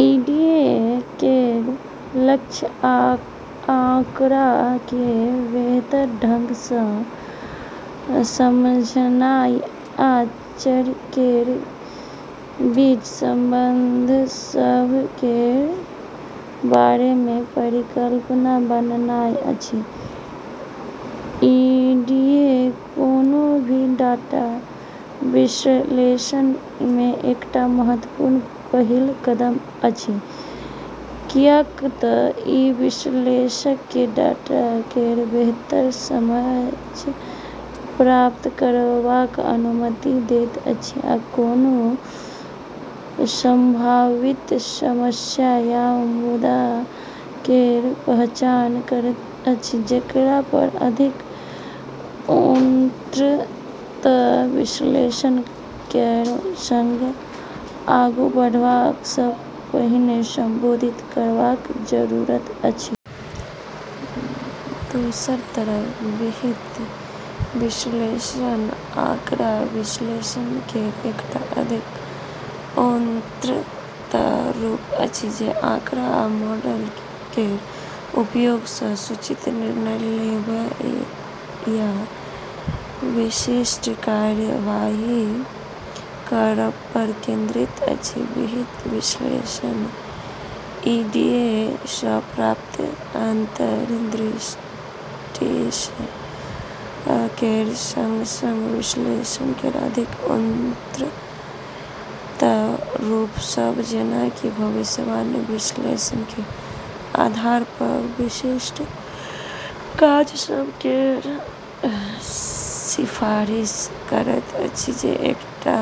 EDA केर लक्ष्य आँकड़ा केँ बेहतर ढंग सँ समझनाइ आ चर केर बीच संबंध सभ केर बारे मे परिकल्पना बनानाइ अछि। ईडीए कोनो भी डाटा विश्लेषण मे एकटा महत्वपूर्ण पहिल कदम अछि, कियाक तँ ई विश्लेषक केँ डाटा केर बेहतर समझ प्राप्त करबाक अनुमति दैत अछि, आ कोनो सम्भावित समस्या या मुद्दा केर पहचान करैत अछि जेकरा पर अधिक उन्नत विश्लेषण केर संग आगू बढ़बा सँ पहिने संबोधित करबाक जरूरत अछि। दोसर तरफ, विहित विश्लेषण आँकड़ा विश्लेषण केर एकटा अधिक उन्नत रूप अछि जे आँकड़ा आ मॉडल केर उपयोग सँ सूचित निर्णय लेबय या विशिष्ट कार्यवाही करब पर केंद्रित अछि। विहित विश्लेषण ईडीए सँ प्राप्त अंतर्दृष्टि केर संग-संग विश्लेषण केर अधिक उन्नत रूप सभ जेना कि भविष्यवाणी विश्लेषण केर आधार पर विशिष्ट काज सभ केर सिफारिश करैत अछि जे एकटा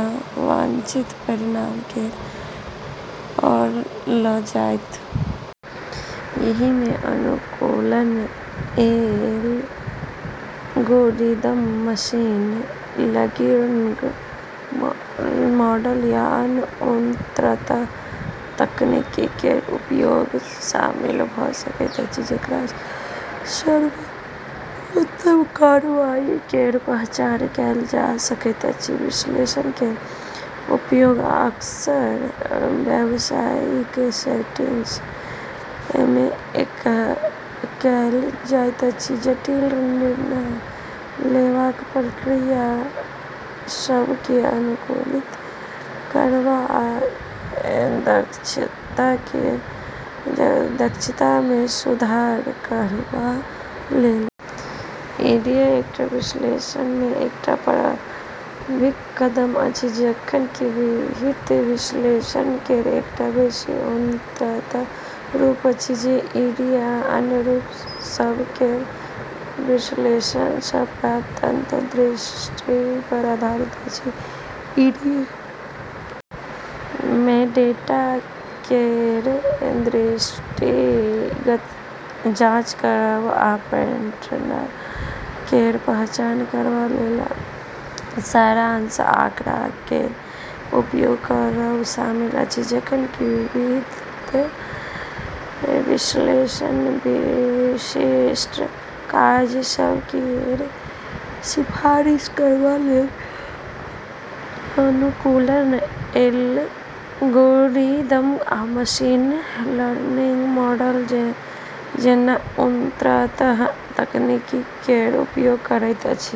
वांछित परिणाम केर ओर लऽ जायत। एहि मे अनुकूलन एल्गोरिदम, मशीन लर्निंग मॉडल या अन्य उन्नत तकनीक केर उपयोग शामिल भऽ सकैत अछि, जेकरा सँ सर्वोत्तम कार्यवाही केर पहचान कएल जा सकय। विहित विश्लेषण केर उपयोग अक्सर व्यावसायिक सेटिंग्स मे कएल जाइत अछि, जटिल निर्णय लेबाक प्रक्रिया सभ केँ अनुकूलित करबा आ दक्षता मे सुधार करबा लेल। ईडीए डाटा विश्लेषण मे एकटा प्रारंभिक कदम अछि, जखन कि विहित विश्लेषण केर एकटा बेसि उन्नत रूप अछि जे ईडीए आ अन्य रूप सभ केर विश्लेषण सँ प्राप्त अंतर्दृष्टि पर आधारित अछि। ईडीए मे डेटा केर दृष्टिगत जांच करब आ पैटर्न केर पहचान करबा लेल सारांश आँकड़ा केर उपयोग करब शामिल अछि, जखन कि विहित विश्लेषण विशिष्ट काज सभ केर सिफारिश करबा लेल अनुकूलन एल्गोरिदम आ मशीन लर्निंग मॉडल जेहन उन्नत तकनीक केर उपयोग करैत अछि।